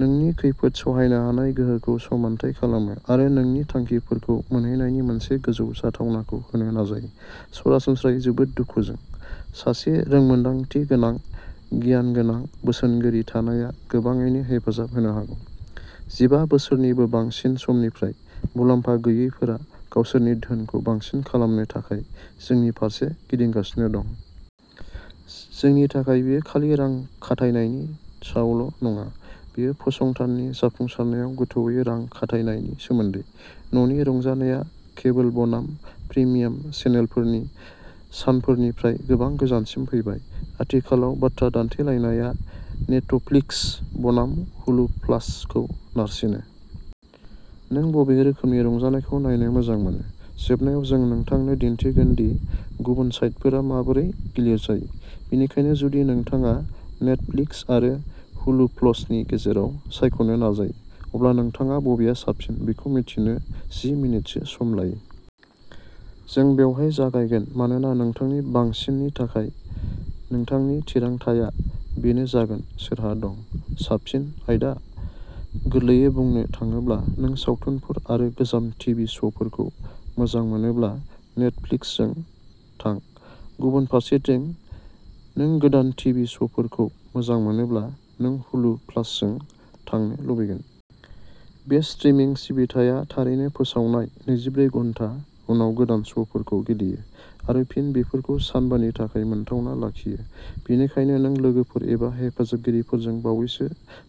नोंनि खैफोद सहायनो हानाय गोहोखौ समानथाय खालामो आरो नोंनि थांखिफोरखौ मोनहैनायनि मोनसे गोजौ जाथावनाखौ होनो नाजायो। सरासनस्रायै जोबोद दुखुजों। सासे रोंमोन्दांथिगोनां गियानगोनां बोसोनगिरि थानाया गोबाङैनो हेफाजाब होनो हागौ। जिबा बोसोरनिबो बांसिन समनिफ्राय मुलाम्फा गैयैफोरा गावसोरनि धोनखौ बांसिन खालामनो थाखाय जोंनि फारसे गिदिंगासिनो दं। जोंनि थाखाय बेयो खालि रां खाथायनायनि सायावल' नङा। बेयो फसंथाननि जाफुंसारनायाव गोथौवै रां खाथायनायनि सोमोन्दै। न'नि रंजानायआ केबोल बनाम प्रिमियाम चेनेलफोरनि सानफोरनिफ्राय गोबां गोजानसिम फैबाय। आथिखालाव बाथ्रा दान्थेलायनाया नेटफ्लिक्स बनाम हुलु प्लासखौ नारसिनो। नों बबे रोखोमनि रंजानायखौ नायनो मोजां मोनो? जोबनायाव जों नोंथांनो दिन्थिगोन दि गुबुन साइटफोरा माबोरै गिलिर जायो। बेनिखायनो जुदि नोंथाङा नेटफ्लिक्स आरो हुलु प्लसनि गेजेराव सायख'नो नाजायो अब्ला नोंथाङा बबेआ साबसिन बेखौ मिथिनो जि मिनिटसो सम लायो। जों बेवहाय जागायगोन मानोना नोंथांनि बांसिननि थाखाय नोंथांनि थिरांथाआ बेनो जागोन सोरहा दं? साबसिन आयदा? गोरलैयै बुंनो थाङोब्ला नों सावथुनफोर आरो गोजाम टिभि श'फोरखौ मोजां मोनोब्ला नेटफ्लिक्सजों थां। गुबुन फारसेथिं नों गोदान टिभि श'फोरखौ मोजां मोनोब्ला नों हुलु प्लासजों थांनो लुबैगोन। बे स्ट्रिमिं सिबिथाया थारैनो फोसावनाय नैजिब्रै घन्टा उनाव गोदान श'फोरखौ गेलेयो आरो फिन बेफोरखौ सानबानि थाखाय मोनथावना लाखियो। बेनिखायनो नों लोगोफोर एबा हेफाजाबगिरिफोरजों बावैसो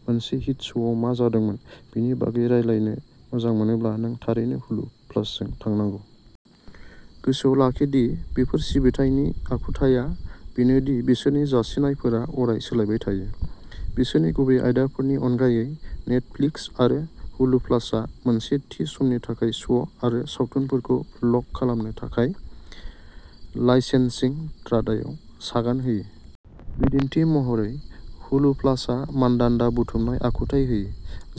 मोनसे हिट श'आव मा जादोंमोन बेनि बागै रायज्लायनो मोजां मोनोब्ला नों थारैनो हुलु प्लासजों थांनांगौ। गोसोआव लाखि दि बेफोर सिबिथायनि आखुथाया बेनो दि बिसोरनि जासिनायफोरा अराय सोलायबाय थायो। बिसोरनि गुबै आयदाफोरनि अनगायै नेटफ्लिक्स आरो हुलु प्लासआ मोनसे थि समनि थाखाय श'आरो सावथुनफोरखौ लक खालामनो थाखाय लाइसेन्सिं रादायाव सागान होयो। बिदिन्थि महरै हुलु प्लासआ मानदान्दा बुथुमनाय आखुथाय होयो।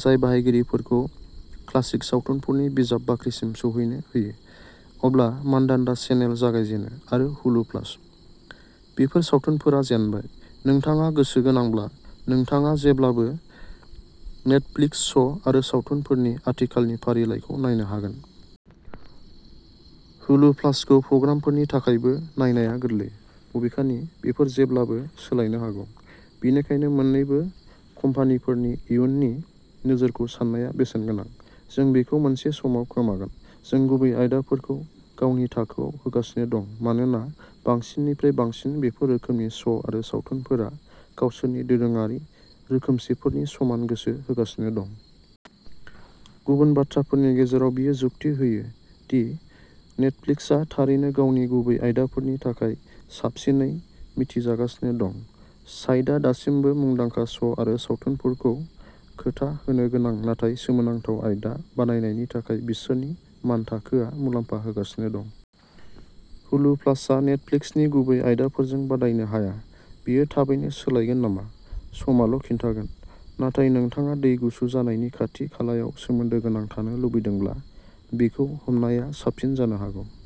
जाय बाहायगिरिफोरखौ क्लासिक सावथुनफोरनि बिजाब बाख्रिसिम सौहैनो होयो। अब्ला मानदान्दा चेनेल जागायजेनो आरो हुलु प्लास। बेफोर सावथुनफोरा जेनबाय। नोंथाङा गोसोगोनांब्ला नोंथाङा जेब्लाबो नेटफ्लिक्स श'आरो सावथुनफोरनि आथिखालनि फारिलाइखौ नायनो हागोन। हुलु प्लासखौ प्रग्रामफोरनि थाखायबो नायनाया गोरलै। बबेखानि बेफोर जेब्लाबो सोलायनो हागौ। बेनिखायनो मोननैबो कम्पानिफोरनि इयुननि नोजोरखौ साननाया बेसेनगोनां। जों बेखौ मोनसे समाव खोमागोन। जों गुबै आयदाफोरखौ गावनि थाखोयाव होगासिनो दं मानोना बांसिननिफ्राय बांसिन बेफोर रोखोमनि श' आरो सावथुनफोरा गावसोरनि दोरोङारि रोखोमसेफोरनि समान गोसो होगासिनो दं। गुबुन बाथ्राफोरनि गेजेराव बेयो जुक्ति होयो दि नेटफ्लिक्सआ थारैनो गावनि गुबै आयदाफोरनि थाखाय साबसिनै मिथिजागासिनो दं। साइटआ दासिमबो मुंदांखा श' आरो सावथुनफोरखौ खोथा होनो गोनां नाथाय सोमोनांथाव आयदा बानायनायनि थाखाय बिसोरनि मानथाखोआ मुलाम्फा होगासिनो दं। हुलु प्लसआ नेटफ्लिक्सनि गुबै आयदाफोरजों बादायनो हाया। बेयो थाबैनो सोलायगोन नामा? समाल' खिन्थागोन। नाथाय नोंथाङा दै गुसु जानायनि खाथि खालायाव सोमोन्दो गोनां थानो लुबैदोंब्ला बेखौ हमनाया साबसिन जानो हागौ।